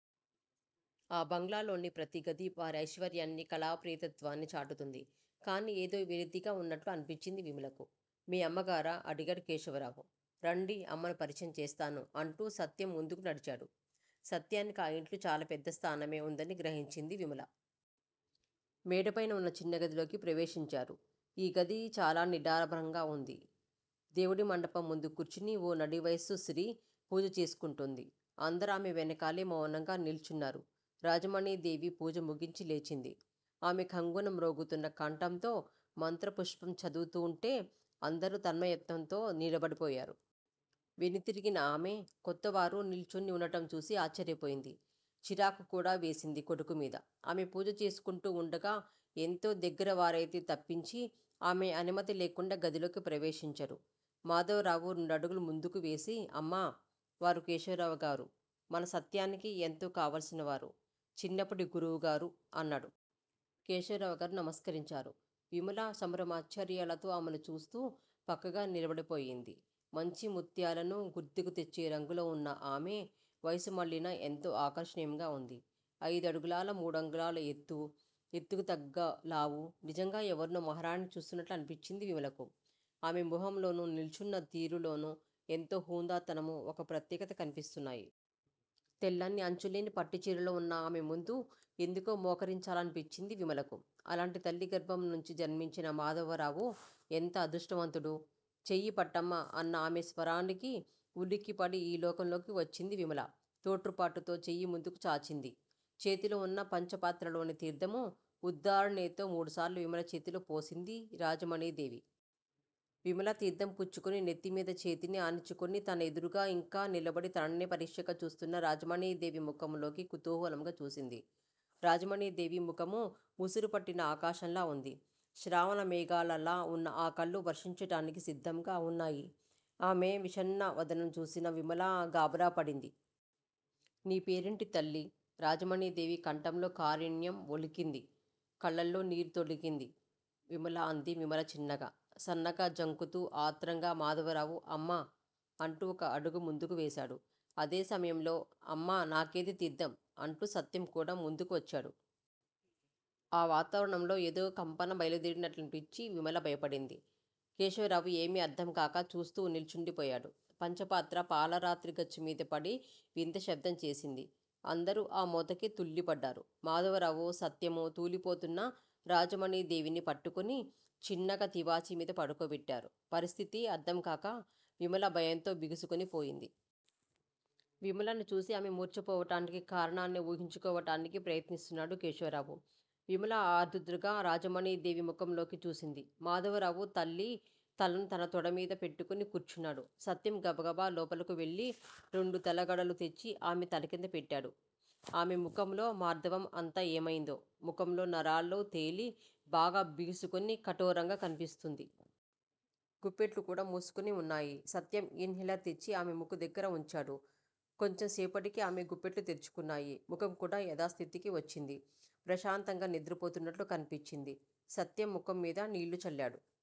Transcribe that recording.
ఆ బంగళాలోని ప్రతీ గదీ వారి ఐశ్వర్యాన్ని, కళాప్రియత్వాన్నీ చాటుతోంది. కాని ఏదో వెలితిగా వున్నట్టుకూడా అనిపించింది విమలకు. మీ అమ్మగారు? అడిగాడు కేశవరావు. రండి అమ్మను పరిచయం చేస్తాను అంటూ సత్యం ముందుకు నడిచాడు. సత్యానికి ఆ ఇంట్లో చాలా పెద్ద స్థానమే ఉందని గ్రహించింది విమల. మేడపైన ఉన్న చిన్నగదిలో ప్రవేశించారు. ఈ గది చాలా నిరాడంబరంగా ఉంది. దేవుడి మండపం ముందు కూర్చొని ఓ నడివయస్సు స్త్రీ పూజ చేసుకుంటోంది. అందరూ ఆమె వెనకే మౌనంగా నిల్చున్నారు. రాజమణీదేవి పూజ ముగించి లేచింది. ఆమె ఖంగ్ న మ్రోగుతున్న కంఠంతో మంత్రపుష్పం చదువుతుంటే అందరూ తన్మయత్వంతో నిలబడిపోయారు. వెనుదిరిగిన ఆమె, కొత్తవారు నిల్చొని ఉండటంచూసి ఆశ్చర్యపోయింది. చిరాకుకూడా వేసింది కొడుకుమీద. ఆమె పూజ చేసుకుంటూ ఉండగా ఎంతో దగ్గరవారైతే తప్పించి ఆమె అనుమతి లేకుండా గదిలో ప్రవేశించరు. మాధవరావు రెండడుగులు ముందుకువేసి అమ్మా! వారు కేశవరావుగారు. మన సత్యానికి ఎంతో కావల్సినవారు. చిన్నప్పటి గురువుగారు అన్నాడు. కేశవరావుగారు నమస్కరించారు. విమల సంభ్రమాశ్చర్యాలతో ఆమెనుచూస్తూ పక్కగా నిలబడిపోయింది. మంచి ముత్యాలను గుర్తుకుతెచ్చే రంగులో ఉన్న ఆమె, వయస్సుమళ్ళినా ఎంతో ఆకర్షణీయంగా ఉంది. ఐదు అడుగుల మూడంగుళాల ఎత్తు, ఎత్తుకుతగ్గ లావూ, నిజంగా ఎవర్నో మహారాణిని చూస్తున్నట్లనిపించింది విమలకు. ఆమె ముఖంలోనూ, నిల్చున్న తీరులోనూ ఎంతో హుందాతనం, ఒక ప్రత్యేకత కనిపిస్తున్నాయి. తెల్లని అంచులేని పట్టుచీరలో ఉన్న ఆమెముందు ఎందుకో మోకరించాలనిపించింది విమలకు. అలాంటి తల్లి గర్భంనుంచి జన్మించిన మాధవరావు ఎంత అదృష్టవంతుడు! చెయ్యి పట్టమ్మా! అన్న ఆమె స్వరానికి ఉలిక్కిపడి ఈ లోకంలోకి వచ్చింది విమల. తొట్రుపాటుతో చెయ్యి ముందుకు చాచింది. చేతిలోవున్న పంచపాత్రలోని తీర్ధం ఉద్డరణితో మూడుసార్లు విమల చేతిలో పోసింది రాజమణీదేవి. విమల తీర్ధం పుచ్చుకొని నెత్తిమీద చేతిని ఆనించుకొని తన ఎదురుగా ఇంకా నిలబడి తననే పరీక్షగా చూస్తున్న రాజమణీదేవి ముఖంలోకి కుతూహలంగా చూసింది. రాజమణీదేవి ముఖం ముసురుపట్టిన ఆకాశంలా ఉంది. శ్రావణమేఘాలలా ఉన్న ఆ కళ్ళు వర్షించటానికి సిద్ధంగా ఉన్నాయి. ఆమె విషణ్ణ వదనం చూసిన విమల గాబరాపడింది. నీ పేరేమిటి తల్లీ? రాజమణీదేవి కంఠంలో కారుణ్యం ఒలికింది, కళ్ళలో నీరు తొణికింది. విమల! అంది విమల చిన్నగా, సన్నగా, జంకుతూ. ఆత్రంగా మాధవరావు అమ్మా! అంటూ ఒక అడుగు ముందుకు వేశాడు. అదే సమయంలో అమ్మా! నాకేదీ తీర్ధం? అంటూ సత్యంకూడా ముందుకు వచ్చాడు. ఆ వాతావరణంలో ఏదో కంపన బయలుదేరినట్లనిపించి విమల భయపడింది. కేశవరావు ఏమీ అర్ధంకానట్లు చూస్తూ నిల్చుండిపోయాడు. పంచపాత్ర పాలరాతి గచ్చుమీద పడి వింతశబ్దం చేసింది. అందరూ ఆ మోతకి తృళ్ళిపడ్డారు. మాధవరావూ, సత్యమూ తూలిపోతున్న రాజమణీదేవిని పట్టుకొని చిన్నగా తివాచీమీద పడుకోబెట్టారు. పరిస్థితి అర్ధంకాక విమల భయంతో బిగుసుకొనిపోయింది. విమలను చూసి ఆమె మూర్ఛపోవటానికి కారణాన్ని ఊహించుకోవటానికి ప్రయత్నిస్తూన్నాడు కేశవరావు. విమల ఆదుర్దాగా రాజమణీదేవి ముఖంలోకి చూసింది. మాధవరావు తల్లి తలను తన తొడమీద పెట్టుకొని కూర్చున్నాడు. సత్యం గబగబా లోపలకువెళ్ళి రెండు తలగడలు తెచ్చి ఆమె తలకింద పెట్టాడు. ఆమె ముఖంలో మార్దవం అంతా ఏమయిందో- ముఖంలో నరాలు తేలి, బాగా బిగుసుకొని కఠోరంగా కనిపిస్తుంది. గుప్పెట్లుకూడా మూసుకొని ఉన్నాయి. సత్యం ఇన్ హేలర్ తెచ్చి ఆమె ముక్కుదగ్గర ఉంచాడు. కొంచెం సేపటికి ఆమె గుప్పెళ్ళు తెరుచుకున్నాయి ముఖంకూడా యధాస్థితికి వచ్చింది. ప్రశాంతంగా నిద్రపోతున్నట్లు కనిపించింది. సత్యం ముఖంమీద నీళ్ళు చల్లాడు.